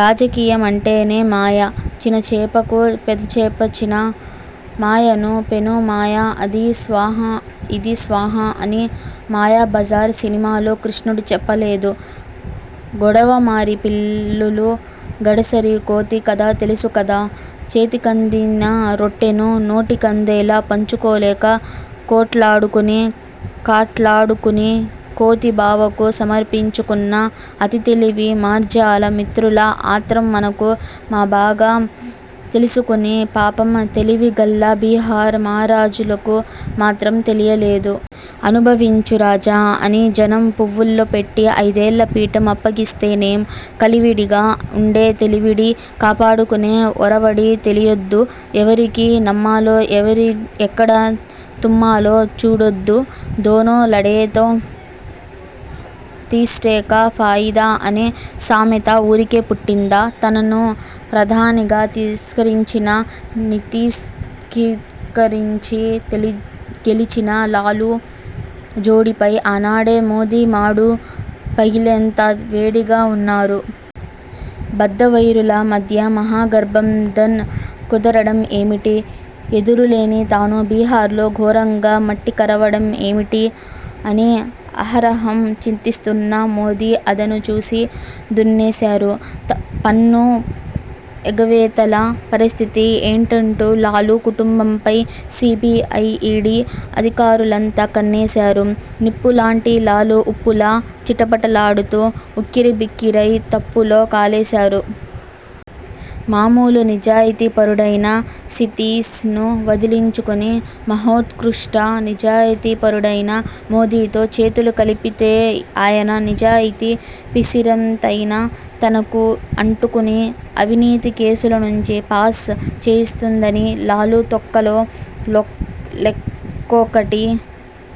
రాజకీయం అంటేనే మాయ. ''చిన చేపను పెద చేపచిన మాయను పెను మాయ అది స్వాహా ఇది స్వాహా'' అని మాయాబజార్ సినిమాలో కృష్ణుడు చెప్పలేదూ! గొడవమారి పిల్లులు.. గడసరి కోతి' కథ తెలుసు కదా! చేతికందిన రొట్టెను నోటికందేలా పంచుకోలేక కొట్లాడుకుని కాట్లాడుకుని కోతి బావకు సమర్పించుకున్న అతి తెలివి మార్జాల మిత్రుల ఆత్రం మనకు మాబాగా తెలుసుగానీ పాపం తెలివిగల్ల బిహార్ మారాజులకు మాత్రం తెలియలేదు! 'అనుభవించు రాజా' అని జనం పువ్వుల్లో పెట్టి ఐదేళ్ల పీఠం అప్పగిస్తేనేం?! కలివిడిగా ఉండే తెలివిడి కాపాడుకునే ఒరవడి తెలియొద్దూ! ఎవరిని నమ్మాలోఎక్కడ తుమ్మాలో చూడొద్ద్దూ! దోనో లడేతో తీస్రేకా ఫాయిదా అనే సామెత ఊరికే పుట్టిందా! తనను 'ప్రధాని'గా తిరస్కరించిన నితీశ్ధిక్కరించి గెలిచిన లాలు జోడీపై ఆనాడే మోదీ మాడు పగిలేంత వేడిగా ఉన్నారు. బద్ధవైరుల మధ్య మహాగఠ్బంధన్ కుదరడం ఏమిటి? ఎదురులేని తాను బిహార్ లో ఘోరంగా మట్టికరవడం ఏమిటి? అని అహరహం చింతిస్తున్న మోదీఅదను చూసి దున్నేశారు. పన్ను ఎగవేతల పరిస్థితి ఏంటంటూ లాలు కుటుంబంపై సీబీఐ, ఈడీ అధికారులంతా కన్నేశారు. 'నిప్పు'లాంటి లాలు ఉప్పులా చిటపటలాడుతూ ఉక్కిరిబిక్కిరై తప్పులో కాలేశారు. మామూలు నిజాయతీపరుడైన న సితీశ్ ను వదిలించుకుని, మహోత్కృష్ట నిజాయతీపరుడైన మోదీతో చేతులు కలిపితేఆయన నిజాయితీ పిసరంతైనా తనకు అంటుకుని, అవినీతి కేసుల నుంచి పాస్ చేయిస్తుందని లాలు తొక్కలో లెక్కొకటి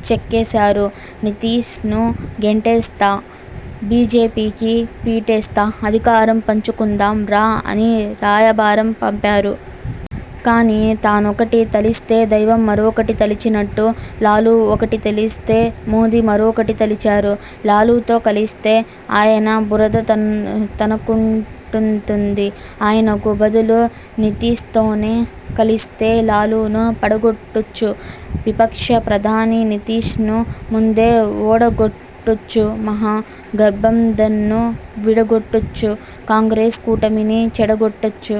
చెక్కేశారు. 'నితీశ్ ను గెంటేస్తా.. బీజేపీకి పీటేస్తా.. అధికారం పంచుకుందాం రా' అని రాయబారం పంపారు. కానీ తానొకటి తలిస్తే దైవం మరొకటి తలిచినట్టు.. లాలు ఒకటి తలిస్తే మోదీ మరొకటి తలిచారు. లాలుతో కలిస్తే ఆయన బురద తనకంటుతుంది. ఆయనకు బదులు నితీశ్తోనే కలిస్తే?! లాలును పడగొట్టొచ్చు'విపక్ష ప్రధాని' నితీశ్ ను ముందే ఓడగొట్టొచ్చు.. మహా గఠ్బంధన్ను విడగొట్టొచ్చు.. కాంగ్రెస్ కూటమిని చెడగొట్టొచ్చు..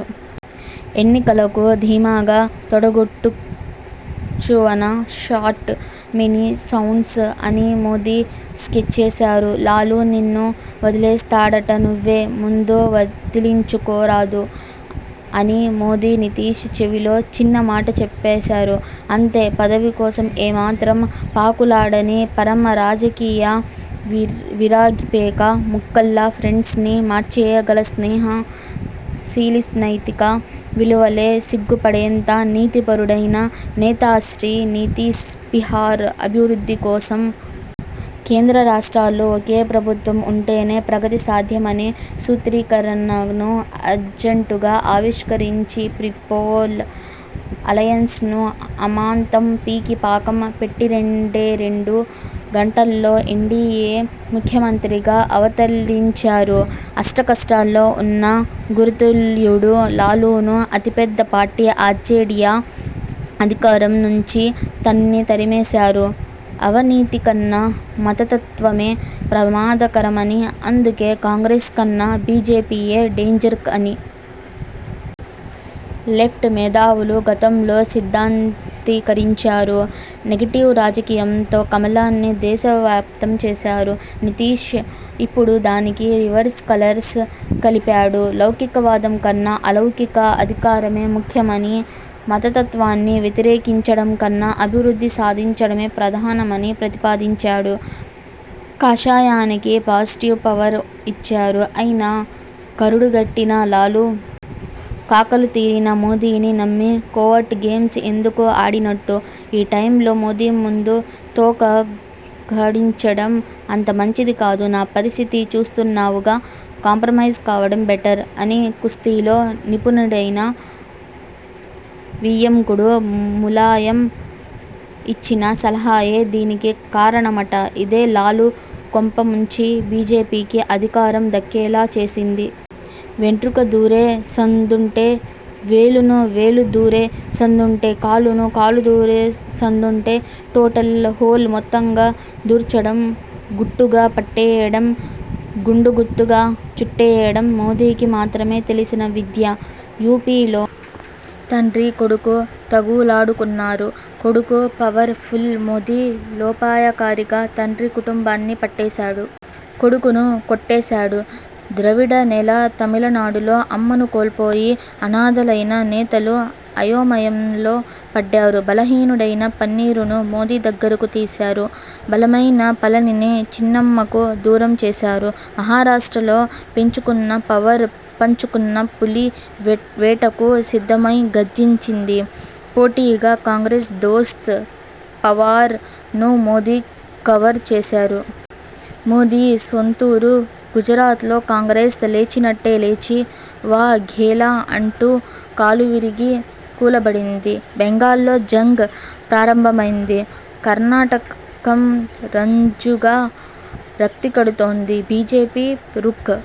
ఎన్నికలకు ధీమాగా తొడగొట్టొచ్చువన షాట్.. మెనీ సౌండ్స్ అని మోదీ స్కెచ్చేశారు. 'లాలు నిన్ను వదిలేస్తాడటనువ్వే ముందు వదిలించుకోరాదూ! ' అని మోదీ నితీశ్ చెవిలో చిన్న మాట చెప్పేశారు. అంతే! పదవి కోసం ఏమాత్రం పాకులాడని పరమ రాజకీయ విరాగిపేక ముక్కల్లా ఫ్రెండ్స్ ని మార్చేయగల స్నేహ శీలినైతిక విలువలే సిగ్గుపడేంత నీతిపరుడైన నేతాశ్రీ నితీశ్బిహార్ అభివృద్ధి కోసం.. కేంద్ర రాష్ట్రాల్లో ఒకే ప్రభుత్వం ఉంటేనే ప్రగతి సాధ్యమనే సూత్రీకరణను అర్జంటుగా ఆవిష్కరించి ప్రీపోల్ అలయన్స్ ను అమాంతం పీకి పాకం పెట్టిరెండేరెండు గంటల్లో ఎన్డీయే ముఖ్యమంత్రిగా అవతరించారు. అష్టకష్టాల్లో ఉన్న గురుతుల్యుడు లాలును, అతిపెద్ద పార్టీ ఆర్జేడీని అధికారం నుంచి తన్ని తరిమేశారు! అవినీతికన్నా మతతత్వమే ప్రమాదకరమని అందుకే కాంగ్రెస్ కన్నా బీజేపీయే డేంజర్ అని.. లెఫ్ట్ మేధావులు గతంలో సిద్ధాంతీకరించారు. నెగెటివ్ రాజకీయంతో కమలాన్ని దేశవ్యాప్తం చేశారు. నితీశ్ ఇప్పుడు దానికి రివర్స్ కలర్స్ కలిపాడు. లౌకికవాదం కన్నా అలౌకిక అధికారమే ముఖ్యమని మతతత్వాన్ని వ్యతిరేకించడంకన్నా అభివృద్ధి సాధించడమే ప్రధానమని ప్రతిపాదించారు. కాషాయానికి పాజిటివ్ పవర్ ఇచ్చారు. అయినా కరడుగట్టిన లాలు.. కాకలుతీరిన మోదీని నమ్మి కోవర్ట్ గేమ్స్ ఎందుకు ఆడినట్టు? ''ఈ టైంలో మోదీ ముందు తోక ఝాడించడం అంతమంచిది కాదు. నా పరిస్థితి చూస్తున్నావుగా! కాంప్రమైజ్ కావడం బెటర్'' అని కుస్తీలో నిపుణుడైన వియ్యంకుడు ములాయం ఇచ్చిన సలహాయే దీనికి కారణమట. ఇదే లాలు కొంపముంచి బీజేపీకి అధికారం దక్కేలా చేసింది. వెంట్రుక దూరే సందుంటే వేలును.. వేలు దూరే సందుంటే కాలును.. కాలు దూరే సందుంటే టోటల్ హోల్ మొత్తంగా దూర్చడం.. గుట్టుగా పట్టేయడం, గుండుగుత్తగా చుట్టేయడం మోదీకి మాత్రమే తెలిసిన విద్య! యూపీలో తండ్రీ కొడుకు తగువులాడుకున్నారు. కొడుకు 'పవర్' ఫుల్. మోదీ లోపాయకారీగా తండ్రి కుటుంబాన్ని పట్టేశాడు. కొడుకును కొట్టేశాడు. ద్రవిడ నేల తమిళనాడులో 'అమ్మ'ను కోల్పోయి, అనాథలైన నేతలు అయోమయంలో పడ్డారు. బలహీనుడైన పన్నీరును మోదీ దగ్గరకు తీశారు. బలమైన పళనిని చిన్నమ్మకు దూరం చేశారు. మహారాష్ట్రలో పెంచుకున్న, పవర్ పంచుకున్న పులి వేటకు సిద్ధమై గర్జించింది. పోటీగా.. కాంగ్రెస్ దోస్త్ పవార్ ను మోదీ కవర్ చేశారు. మోదీ సొంతూరు గుజరాత్లో కాంగ్రెస్ లేచినట్టే లేచి.. ''వా.. ఘేలా'' అంటూ కాలువిరిగి కూలబడింది. బెంగాల్లో జంగ్ ప్రారంభమైంది. కర్నాటకం రంజుగా రక్తికడుతోంది. 'బీజేపీ రుక్'